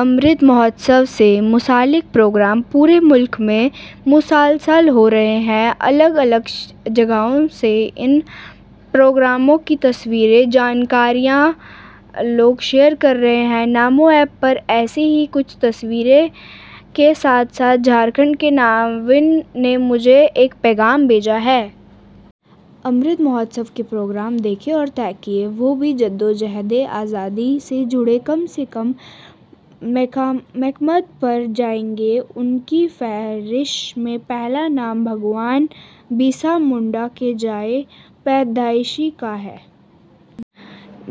'امرت مہوتسو' سے منسلک پروگرام پورے ملک میں مسلسل ہو رہے ہیں، الگ الگ جگہوں سے ان پروگراموں کی تصویریں، جانکاریاں لوگ شیئر کر رہے ہیں۔ نمو ایپ پر ایسی ہی کچھ تصویروں کے ساتھ ساتھ جھارکھنڈ کے نوین نے مجھے ایک پیغام بھیجا ہے۔ انہوں نے لکھا ہے کہ انہوں نے 'امرت مہوتسو' کے پروگرام دیکھے اور طے کیا کہ وہ بھی جد وجہد آزادی سے جڑے کم سے کم مقامات پر جائیں گے۔ ان کی فہرست میں پہلا نام، بھگوان برسا منڈا کے جائے پیدائش کا ہے۔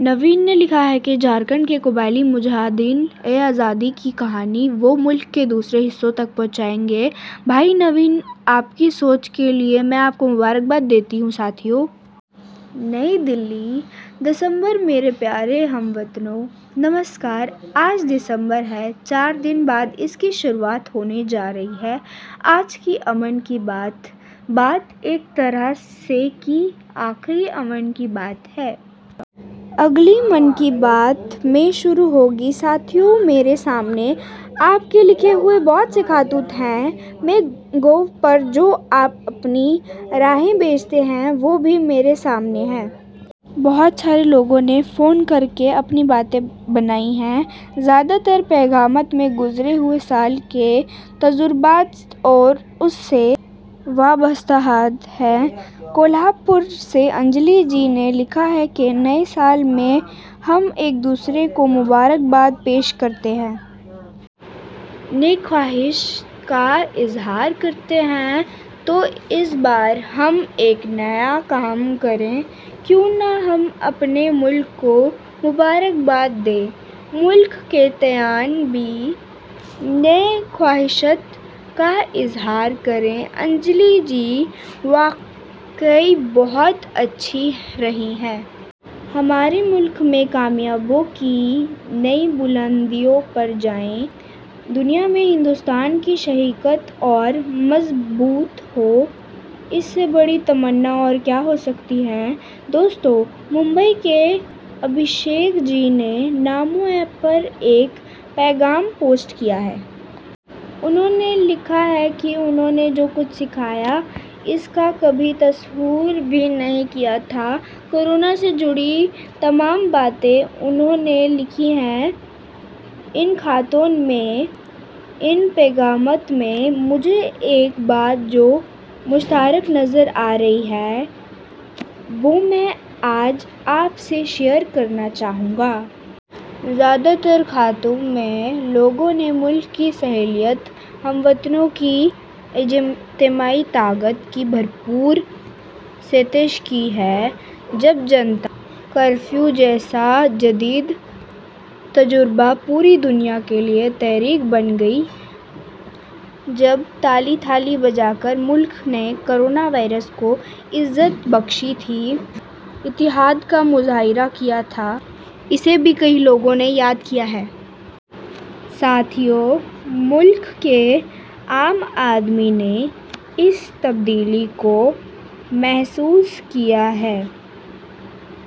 نوین نے لکھا ہے کہ جھارکھنڈ کے قبائلی مجاہدین آزادی کی کہانیاں وہ ملک کے دوسرے حصوں تک پہنچائیں گے۔ بھائی نوین، آپکی سوچ کے لیے میں آپ کو مبارکباد دیتا ہوں۔ ساتھیو،. نئی دہلی۔ دسمبر میرے پیارے ہم وطنو، نمسکار۔ آج دسمبر ہے۔ چار دن بعد ہی کی شروعات ہونے جا رہی ہے۔ آج کی 'من کی بات' ایک طرح سے کی آخری 'من کی بات' ہے۔ اگلی 'من کی بات' میں شروع ہوگی۔ ساتھیو، میرے سامنے آپ کے لکھے ہوئے بہت سے خطوط ہیں۔ ' مائی گو' پر جو آپ اپنی رائے بھیجتے ہیں، وہ بھی میرے سامنے ہیں۔ بہت سارے لوگوں نے فون کرکے اپنی بات بتائی ہے۔ زیادہ تر پیغامات میں، گذرے ہوئے سال کے تجربات ، اور، سے وابستہ عہد ہیں۔ کولہاپور سے انجلی جی نے لکھا ہے کہ نئے سال پر، ہم، ایک دوسرے کو مبارکباد پیش کرتے ہیں۔ نیک خواہشات کا اظہار کرتے ہیں تو اس بار ہم ایک نیا کام کریں۔ کیوں نہ ہم، اپنے ملک کو مبارکباد دیں، ملک کے تئیں بھی نیک خواہشات کا اظہار کریں۔ انجلی جی، واقعی، بہت ہی اچھی رائے ہے۔ ہمارا ملک میں کامیابیوں کی نئی بلندیوں پر جائے ، دنیا میں ہندوستان کی شناخت اورمضبوط ہو، اس سے بڑی تمنا اور کیا ہوسکتی ہے۔ دوستو ، ممبئی کے ابھیشیک جی نے نمو ایپ پر ایک پیغام پوسٹ کیا ہے۔ انہوں نے لکھا ہے کہ نے جو کچھ دکھایا ، جوکچھ سکھایا ، اس کا کبھی تصور بھی نہیں کیا تھا۔ کو رونا سے جڑی تمام باتیں انہوں نے لکھی ہیں۔ ان خطوں میں، ان پیغامات میں، مجھے، ایک بات جومشترک نظر آ رہی ہے، خاص نظر آ رہی ہے، وہ میں آج آپ سے شیئر کرنا چاہوں گا۔ زیادہ تر خطوں میں لوگوں نے ملک کی صلاحیت ، ہم وطنوں کی اجتماعی طاقت کی بھرپور ستائش کی ہے۔ جب جنتا کرفیو جیسا جدید تجربہ پوری دنیا کے لیے تحریک بن گئی ، جب، تالی تھالی بجاکر ملک نے کورونا واریرس کو عزت بخشی تھی، اتحاد کا مظاہرہ کیا تھا، اسے بھی کئی لوگوں نے یاد کیا ہے ۔ ساتھیو، ملک کے عام آدمی نے اس تبدیلی کو محسوس کیا ہے۔